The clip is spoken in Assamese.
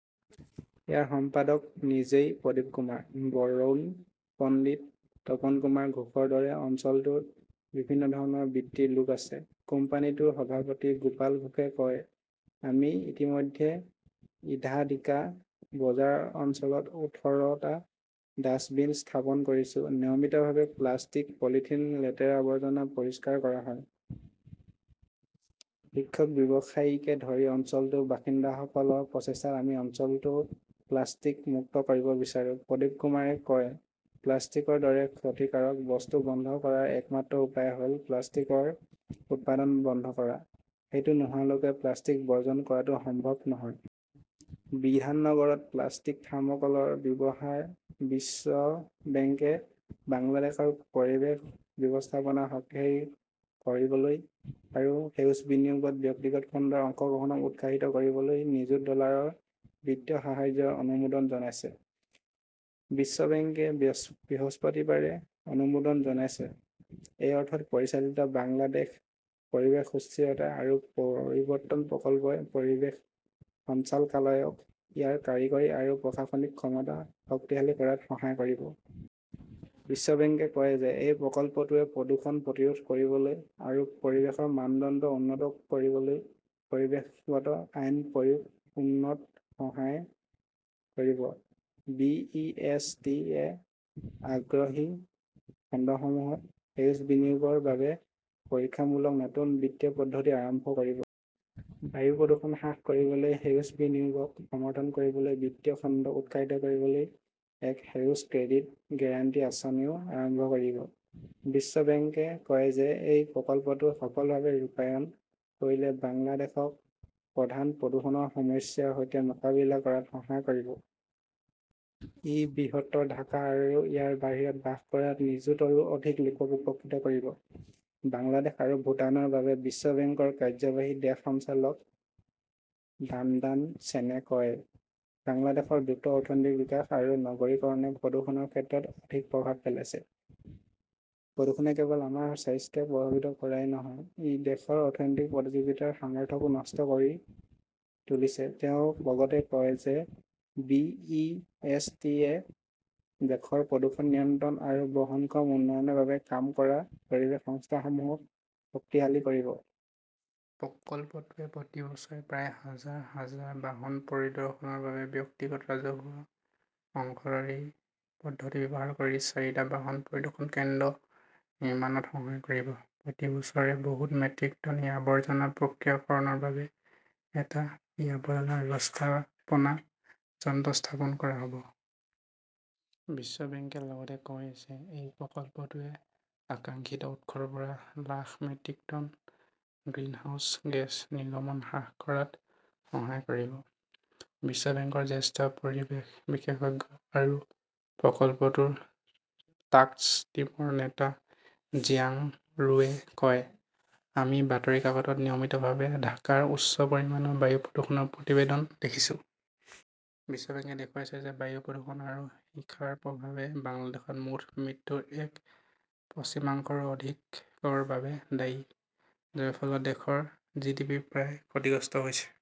ইয়াৰ সম্পাদক নিজেই প্ৰদীপকুমাৰ। বৰুণ পণ্ডিত, তপনকুমাৰ ঘোষৰ দৰে অঞ্চলটোৰ বিভিন্ন ধৰণৰ বৃত্তিৰ লোক আছে। কোম্পানীটোৰ সভাপতি গোপাল ঘোষে কয়, আমি ইতিমধ্যে ইধাদিকা বজাৰ অঞ্চলত ওঠৰ টা ডাস্টবিন স্থাপন কৰিছো। নিয়মিতভাৱে প্লাষ্টিক, পলিথিন, লেতেৰা আৱৰ্জনা পৰিষ্কাৰ কৰা হয়। শিক্ষক, ব্যৱসায়ীকে ধৰি অঞ্চলটোৰ বাসিন্দাসকলৰ প্ৰচেষ্টাত আমি অঞ্চলটো প্লাষ্টিক মুক্ত কৰিব বিচাৰো। প্ৰদীপকুমাৰে কয়", প্লাষ্টিকৰ দৰে ক্ষতিকাৰক বস্তু বন্ধ কৰাৰ একমাত্ৰ উপায় হ 'ল প্লাষ্টিকৰ উৎপাদন বন্ধ কৰা। "সেইটো নোহোৱালৈকে প্লাষ্টিক বৰ্জন কৰাটো সম্ভৱ নহয়। বিধাননগৰত প্লাষ্টিক, থাৰ্মকলৰ ব্যৱহাৰ বিশ্ব বেংকে বাংলাদেশৰ পৰিৱেশ ব্যৱস্থাপনা শক্তিশালী কৰিবলৈ আৰু সেউজ বিনিয়োগত ব্যক্তিগত খণ্ডৰ অংশগ্ৰহণক উৎসাহিত কৰিবলৈ নিযুত ডলাৰৰ বিত্তীয় সাহায্যৰ অনুমোদন জনাইছে। বিশ্ব বেংকে বৃহস্পতিবাৰে অনুমোদন জনাইছে। এই অৰ্থত পৰিচালিত বাংলাদেশ পৰিৱেশ সুস্থিৰতা আৰু পৰিৱৰ্তন প্ৰকল্পই পৰিৱেশ সঞ্চালকালয়ক ইয়াৰ কাৰিকৰী আৰু প্ৰশাসনিক ক্ষমতা শক্তিশালী কৰাত সহায় কৰিব। বিশ্ব বেংকে কয় যে এই প্ৰকল্পটোৱে প্ৰদূষণ প্ৰতিৰোধ কৰিবলৈ আৰু পৰিৱেশৰ মানদণ্ড উন্নত কৰিবলৈ পৰিৱেশগত আইন-প্ৰয়োগ উন্নত কৰাত সহায় কৰিব। বি. ই. এছ. টি. -য়ে আগ্ৰহী খণ্ডসমূহত সেউজ বিনিয়োগৰ বাবে পৰীক্ষামূলক নতুন বিত্তীয় পদ্ধতি আৰম্ভ কৰিব। ই বায়ু প্ৰদূষণ হ্ৰাস কৰিবলৈ সেউজ বিনিয়োগক সমৰ্থন কৰিবলৈ বিত্তীয় খণ্ডক উৎসাহিত কৰিবলৈ এক সেউজ ক্ৰেডিট গেৰাণ্টি আঁচনিও আৰম্ভ কৰিব। বিশ্ব বেংকে কয় যে এই প্ৰকল্পটো সফলভাৱে ৰূপায়ণ কৰিলে বাংলাদেশক প্ৰধান প্ৰদূষণৰ সমস্যাৰ সৈতে মোকাবিলা কৰাত সহায় কৰিব। ই বৃহত্তৰ ঢাকা আৰু ইয়াৰ বাহিৰত বাস কৰা নিযুতৰো অধিক লোকক উপকৃত কৰিব। বাংলাদেশ আৰু ভূটানৰ বাবে বিশ্ব বেংকৰ কাৰ্যবাহী দেশ সঞ্চালক ডাণ্ডান চেনে কয়, বাংলাদেশৰ দ্ৰুত অৰ্থনৈতিক বিকাশ আৰু নগৰীকৰণে প্ৰদূষণৰ ক্ষেত্ৰত অধিক প্ৰভাৱ পেলাইছে। প্ৰদূষণে কেৱল আমাৰ স্বাস্থ্যক প্ৰভাৱিত কৰাই নহয়, ই দেশৰ অৰ্থনৈতিক প্ৰতিযোগিতাৰ সামৰ্থ্যকো নষ্ট কৰি তুলিছে। তেওঁ লগতে কয় যে বি. ই. এছ. টি. -য়ে দেশৰ প্ৰদূষণ নিয়ন্ত্ৰণ আৰু বহনক্ষম উন্নয়নৰ বাবে কাম কৰা পৰিৱেশ সংস্থাসমূহক শক্তিশালী কৰিব। প্ৰকল্পটোৱে প্ৰতি বছৰে প্ৰায় হাজাৰ- হাজাৰ বাহন পৰিদৰ্শনৰ বাবে ব্যক্তিগত-ৰাজহুৱা অংশীদাৰী পদ্ধতি ব্যৱহাৰ কৰি চাৰিটা বাহন পৰিদৰ্শন কেন্দ্ৰ নিৰ্মাণত সহায় কৰিব। প্ৰতি বছৰে বহুত মেট্ৰিক টন ই-আৱৰ্জনা প্ৰক্ৰিয়াকৰণৰ বাবে এটা ই-আৱৰ্জনা ব্যৱস্থাপনা যন্ত্ৰ স্থাপন কৰা হ 'ব। বিশ্ব বেংকে লগতে কয় যে এই প্ৰকল্পটোৱে আকাংক্ষিত উৎসৰ পৰা lakh metric tonne greenhouse gas নিৰ্গমন হ্ৰাস কৰাত সহায় কৰিব। বিশ্ব বেংকৰ জ্যেষ্ঠ পৰিৱেশ বিশেষজ্ঞ আৰু প্ৰকল্পটোৰ টাস্ক টিমৰ নেতা জিয়াং ৰুৱে কয়, আমি বাতৰি কাকতত নিয়মিতভাৱে ঢাকাৰ উচ্চ পৰিমাণৰ বায়ু প্ৰদূষণৰ প্ৰতিবেদন দেখিছোঁ। বিশ্ব বেংকে দেখুৱাইছে যে বায়ু প্ৰদূষণ আৰু সীসাৰ প্ৰভাৱে বাংলাদেশত মুঠ মৃত্যুৰ এক পঞ্চমাংশৰো অধিকৰ বাবে দায়ী, যাৰ ফলত দেশৰ জিডিপিৰ প্ৰায় ক্ষতিগ্ৰস্ত হৈছে।